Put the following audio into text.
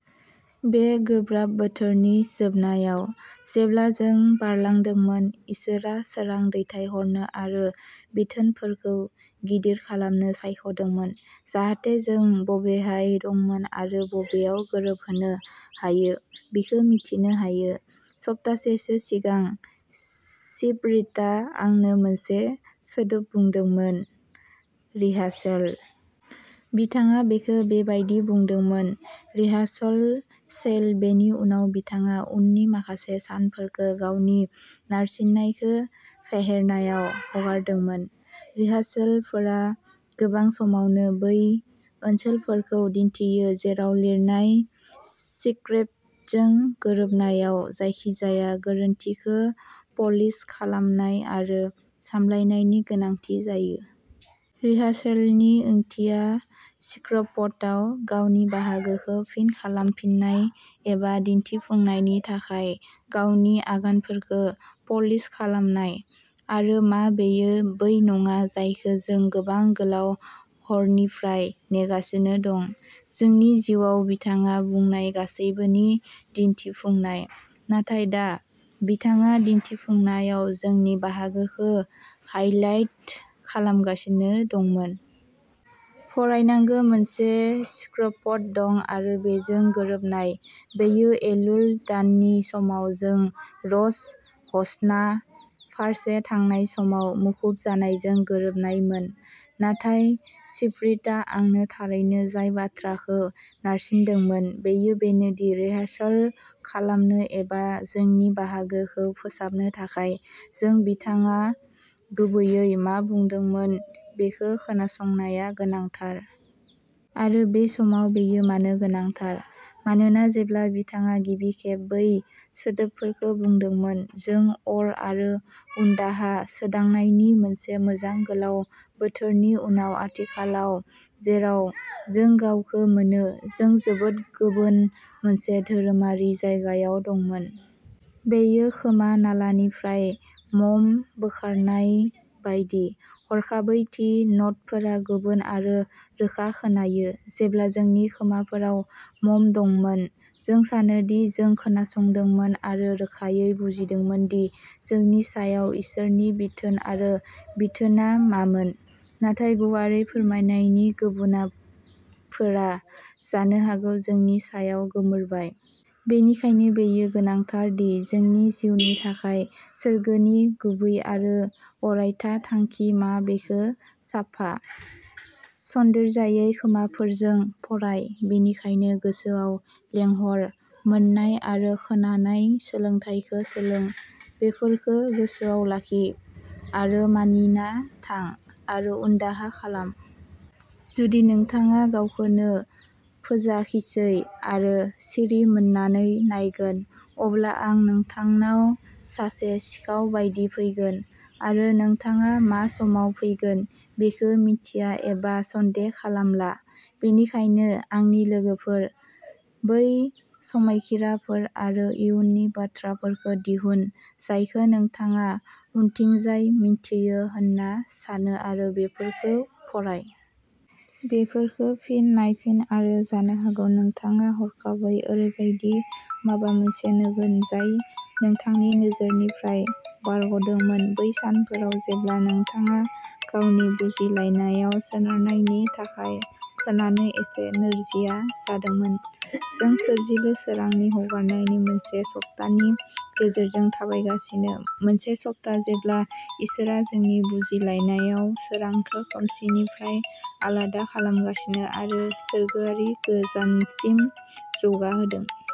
बे गोब्राब बोथोरनि जोबनायाव, जेब्ला जों बारलांदोंमोन, इसोरआ सोरां दैथायहरनो आरो बिथोनफोरखौ गिदिर खालामनो सायख'दोंमोन, जाहाथे जों बबेहाय दंमोन आरो बबेयाव गोरोबहोनो हायो बेखौ मिथिनो हायो! सप्तासेसो सिगां, स्पिरिटआ आंनो मोनसे सोदोब बुंदोंमोन, "रिहार्सेल।" बिथाङा बेखौ बेबायदि बुंदोंमोनः रिहार्सेल-सेल। बेनि उनाव बिथाङा उननि माखासे सानफोरखौ गावनि नारसिननायखौ फेहेरनायाव हगारदोंमोन। रिहार्सेलफोरा गोबां समावनो बै ओनसोलफोरखौ दिन्थियो, जेराव लिरनाय स्क्रिप्टजों गोरोबनायाव जायखिजाया गोरोन्थिखौ प'लिश खालामनाय आरो सामलायनायनि गोनांथि जायो। रिहार्सेलनि ओंथिया'स्क्रिप्टआव गावनि बाहागोखौ फिन खालामफिननाय एबा दिन्थिफुंनायनि थाखाय गावनि आगानफोरखौ प'लिश खालामनाय '!! आरो मा बेयो बै नङा जायखौ जों गोबां गोलाव हरनिफ्राय नेगासिनो दं, जोंनि जिउआव बिथाङा बुंनाय गासैबोनि दिन्थिफुंनाय?! नाथाय दा, बिथाङा दिन्थिफुंनायाव जोंनि बाहागोखौ हाईलाइट खालामगासिनो दंमोन। फरायनांगौ मोनसे स्क्रिप्ट दं। आरो बेजों गोरोबनाय। बेयो एलुल दाननि समाव जों र'श हशनाह फारसे थांनाय समाव मुखुब जानायजों गोरोबनायमोन। नाथाय स्पिरिटआ आंनो थारैनो जाय बाथ्राखौ नारसिनदोंमोन, बेयो बेनोदि रिहार्सेल खालामनो एबा जोंनि बाहागोखौ फोसाबनो थाखाय, जों बिथाङा गुबैयै मा बुंदोंमोन बेखौ खोनासंनाया गोनांथार। आरो बे समाव बेयो मानो गोनांथार? मानोना जेब्ला बिथाङा गिबि खेब बै सोदोबफोरखौ बुंदोंमोन, जों अर आरो उनदाहा सोदांनायनि मोनसे मोजां गोलाव बोथोरनि उनाव आथिखालाव जेराव जों गावखौ मोनो, जों जोबोद गुबुन मोनसे धोरोमारि जायगायाव दंमोन। बेयो खोमा नालानिफ्राय मम बोखारनाय बायदि। हरखाबै थि न'टफोरा गुबुन आरो रोखा खोनायो! जेब्ला जोंनि खोमाफोराव मम दंमोन, जों सानोदि जों खोनासंदोंमोन आरो रोखायै बुजिदोंमोन दि जोंनि सायाव इसोरनि बिथोन आरो बिथोनआ मामोन, नाथाय गुवारै फोरमायनायनि गुबुनाफोरा जानो हागौ जोंनि सायाव गोमोरबाय। बेनिखायनो बेयो गोनांथार दि जोंनि जिउनि थाखाय सोरगोनि गुबै आरो अरायथा थांखि मा बेखौ साफा, सन्देरजायै खोमाफोरजों फराय। बेनिखायनो गोसोआव लेंहर, मोन्नाय आरो खोनानाय सोलोंथायखौ सोलों; बेफोरखौ गोसोयाव लाखि आरो मानिना थां, आरो उनदाहा खालाम। जुदि नोंथाङा गावखौनो फोजाखिसै आरो सिरिमोननानै नायगोन, अब्ला आं नोंथांनाव सासे सिखाव बायदि फैगोन, आरो नोंथाङा मा समाव फैगोन बेखौ मिन्थिया एबा सन्देह खालामला। बेनिखायनो, आंनि लोगोफोर, बै समायखिराफोर आरो इयुननि बाथ्राफोरखौ दिहुन, जायखौ नोंथाङा उनथिंजाय मिन्थियो होनना सानो आरो बेफोरखौ फराय। बेफोरखौ फिन नायफिन आरो जानो हागौ नोंथाङा हरखाबै ओरैबायदि माबा मोनसे नुगोन जाय नोंथांनि नोजोरनिफ्राय बारग'दोंमोन बै सानफोराव जेब्ला नोंथाङा गावनि बुजिलायनायाव सोनारनायनि थाखाय खोनानो एसे नोरजिया जादोंमोन। जों सोरजिलु सोरांनि हगारनायनि मोनसे सप्तानि गेजेरजों थाबायगासिनो; मोनसे सप्ता जेब्ला इसोरआ जोंनि बुजिलायनायाव सोरांखौ खोमसिनिफ्राय आलादा खालामगासिनो आरो सोरगोआरि गोजानसिम जौगाहोदों।